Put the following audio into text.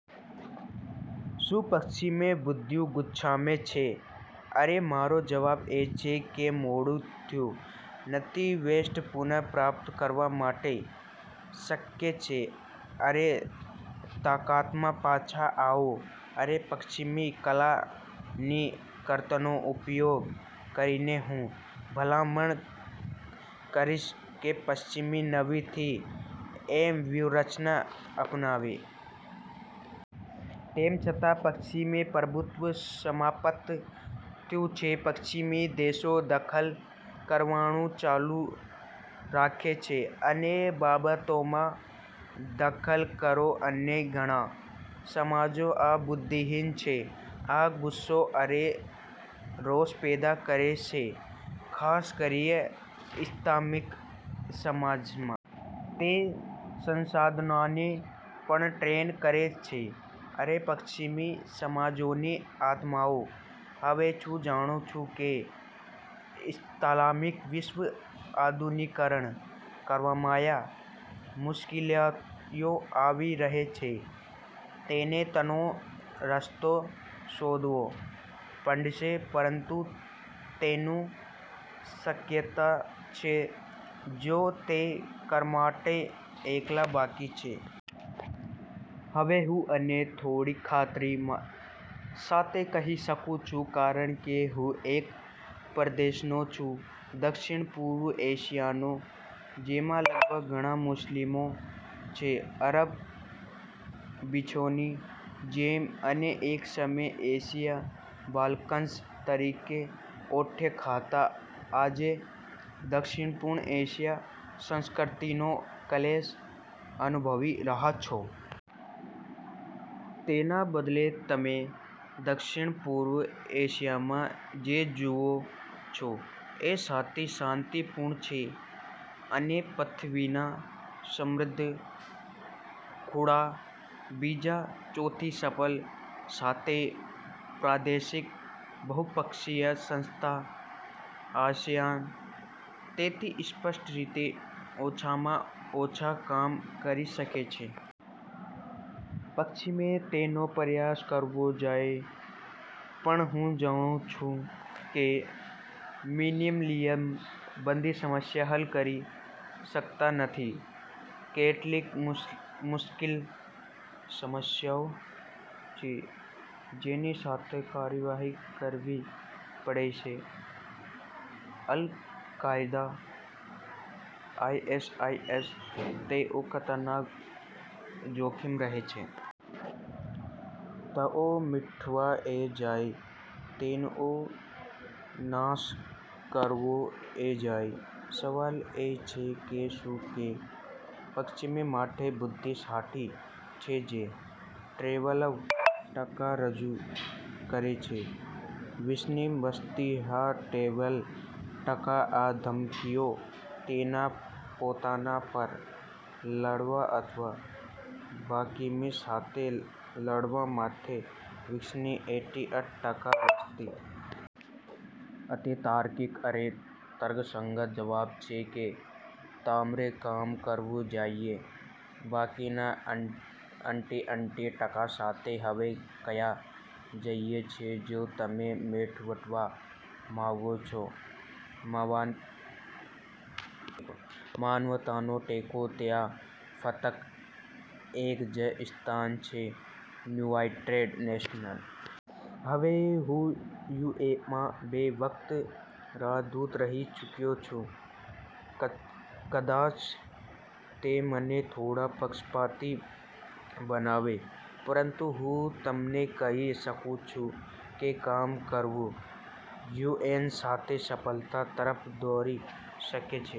શું પશ્ચિમે બધુ ગુમાવ્યું છે? અને મારો જવાબ એ છે કે મોડું થયું નથી. વેસ્ટ પુનઃ પ્રાપ્ત કરવા માટે શક્ય છે અને તાકાતમાં પાછા આવો. અને પશ્ચિમી કલાની તર્કનો ઉપયોગ કરીને હું ભલામણ કરીશ કે પશ્ચિમ નવી "થ્રી-એમ" વ્યૂહરચના અપનાવો. તેમ છતાં પશ્ચિમી પ્રભુત્વ સમાપ્ત થયું છે. પશ્ચિમી દેશો દખલ કરવાનું ચાલુ રાખે છે અને બાબતોમાં દખલ કરો અન્ય ઘણા સમાજો. આ બુદ્ધિહીન છે. આ ગુસ્સો અને રોષ પેદા કરે છે ખાસ કરીને ઇસ્લામિક સમાજમાં. તે સંસાધનોને પણ ડ્રેઇન કરે છે અને પશ્ચિમી સમાજોની આત્માઓ. હવે હું જાણું છું કે ઇસ્લામિક વિશ્વ આધુનિકીકરણ કરવામાં મુશ્કેલીઓ આવી રહી છે. તેને તેનો રસ્તો શોધવો પડશે પરંતુ તેવું શક્યતા છે જો તે કરવા માટે એકલા બાકી છે. હવે હું આને થોડીક ખાતરી સાથે કહી શકું છું કારણ કે હું એક પ્રદેશનો છું દક્ષિણપૂર્વ એશિયા જેમાં લગભગ ઘણા મુસ્લિમો છે આરબ વિશ્વ તરીકે. અને એક સમયે એશિયાના "બાલ્કન્સ" તરીકે ઓળખાતા આજે દક્ષિણપૂર્વ એશિયા સંસ્કૃતિનો ક્લેશ અનુભવી રહ્યા છો. તેના બદલે તમે દક્ષિણપૂર્વ એશિયામાં જે જુઓ છો એક સૌથી શાંતિપૂર્ણ છે અને પૃથ્વીના સમૃદ્ધ ખૂણા બીજા સૌથી સફળ સાથે પ્રાદેશિક બહુપક્ષીય સંસ્થા, આસિયાન તેથી સ્પષ્ટ રીતે, ઓછામાં ઓછા કામ કરી શકે છે. પશ્ચિમે તેનો પ્રયાસ કરવો જોઈએ. પણ હું જાણું છું કે મિનિમલિઝમ બધી સમસ્યાઓ હલ કરી શકતા નથી. કેટલીક મુશ્કેલ સમસ્યાઓ છે જેની સાથે કાર્યવાહી કરવી પડશે, અલ કાયદા, આઈએસઆઈએસ તેઓ ખતરનાક જોખમો રહે છે. તેઓ મળવા જ જોઈએ. તેઓનો નાશ કરવો જ જોઇએ. સવાલ એ છે કે, "શું તે પશ્ચિમ માટે બુદ્ધિશાળી છે જે ટ્વેલ્વ ટકા રજૂ કરે છે વિશ્વની વસ્તી?" હા, ટ્વેલ્વ ટકા આ ધમકીઓ તેના પોતાના પર લડવા અથવા બાકીની સાથે લડવા માટે વિશ્વની એઈટી એઈટ ટકા વસ્તી? અને તાર્કિક અને તર્કસંગત જવાબ છે કે તમારે કામ કરવું જોઈએ બાકીના એઈટી એઈટ ટકા સાથે. હવે ક્યાં જાય છે જો તમે મેળવવા માંગો છો માનવતાનો ટેકો? ત્યાં ફક્ત એક જ સ્થાન છે, "યુનાઇટેડ નેશન્સ". હવે, હું યુએનમાં બે વખત રાજદૂત રહી ચૂક્યો છું. કદાચ તે મને થોડો પક્ષપાતી બનાવે પરંતુ હું તમને કહી શકું છું કે કામ કરવું યુએન સાથે સફળતા તરફ દોરી શકે છે.